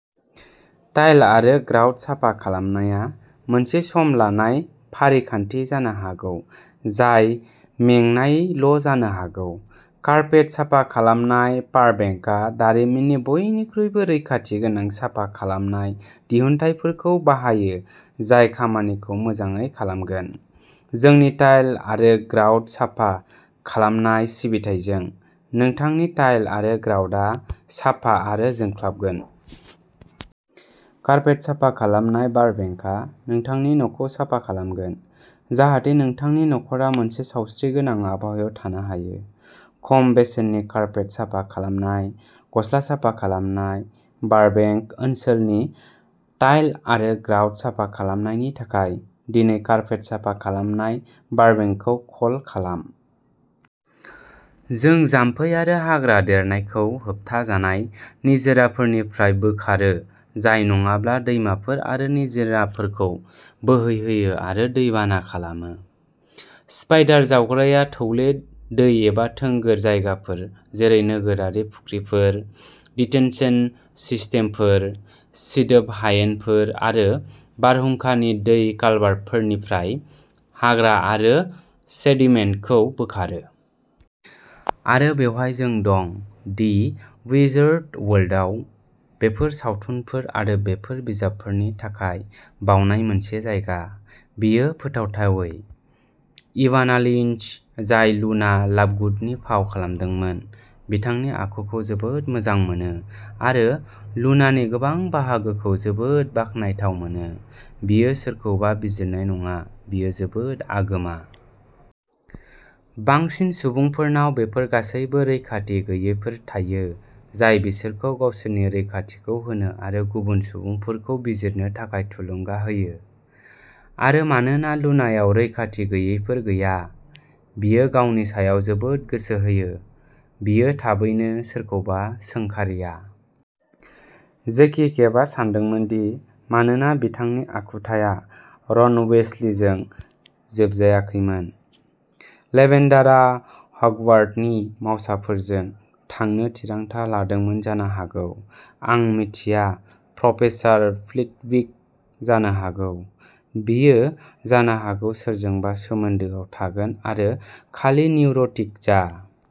Tile आरो grout साफा खालामनाया मोनसे सम लानाय फारिखान्थि जानो हागौ जाय मेंनायल'जानो हागौ। कारपेट साफा खालामनाय बारबेंकआ दारिमिननि बयनिख्रुइबो रैखाथि गोनां साफा खालामनाय दिहुनथायफोरखौ बाहायो जाय खामानिखौ मोजाङै खालामगोन। जोंनि टाइल आरो ग्राउट साफा खालामनाय सिबिथाइजों, नोंथांनि टाइल आरो ग्राउटआ साफा आरो जोंख्लाबगोन! कारपेट साफा खालामनाय बारबेंकआ नोंथांनि न'खौ साफा खालामगोन, जाहाथे नोंथांनि नखरा मोनसे सावस्रिगोनां आबहावायाव थानो हायो। खम बेसेननि कारपेट साफा खालामनाय, गस्ला साफा खालामनाय, बारबेंक ओनसोलनि टाइल आरो ग्राउट साफा खालामनायनि थाखाय, दिनै कारपेट साफा खालामनाय बारबेंकखौ कल खालाम! जों जामफै आरो हाग्रा देरनायखौ होबथाजानाय निजिराफोरनिफ्राय बोखारो जाय नङाब्ला दैमाफोर आरो निजिराफोरखौ बोहैहोयो आरो दै बाना खालामो। स्पाइडार जावग्राया थौले दै एबा थोंगोर जायगाफोर जेरै नोगोरारि फुख्रिफोर, दिटेनसन सिस्टेमफोर, सिदोब हायेनफोर आरो बारहुंखानि दै कालभार्टफोरनिफ्राय हाग्रा आरो सेडिमेन्टखौ बोखारो। आरो बेवहाय जों दं, दि विजार्डिं वर्ल्डआव, बेफोर सावथुनफोर आरो बेफोर बिजाबफोरनि थाखाय बावनाय मोनसे जायगा। बेयो फोथायथावै। "इभाना लिन्च, जाय लुना लाभगुडनि फाव खालामदोंमोन, बिथांनि आखुखौ जोबोद मोजां मोनो, आरो लुनानि गोबां बाहागोखौ जोबोद बाखनायथाव मोनोः" बियो सोरखौबा बिजिरनाय नङा, बेयो जोबोद आगोमा। बांसिन सुबुंफोरनाव बेफोर गासैबो रैखाथि गैयैफोर थायो जाय बिसोरखौ गावसोरनि रैखाथिखौ होनो आरो गुबुन सुबुंफोरखौ बिजिरनो थाखाय थुलुंगा होयो। आरो मानोना लुनायाव रैखाथि गैयैफोर गैया, बियो गावनि सायाव जोबोद गोसो होयो। बियो थाबैनो सोरखौबा सोंखारिया। "जेसि केव आ सानदोंमोन दि मानोना बिथांनि आखुथाया रन वीसलिजों जोबजायाखैमोन, लेभेन्डारा हगवार्टनि मावसाफोरजों थांनो थिरांथा लादोंमोन जानो हागौ-" आं मिथिया, प्रफेसार फ्लिटविक, जानो हागौ? बियो जानो हागौ सोरजोंबा सोमोन्दोआव थागोन आरो खालि निउर'टिक जा।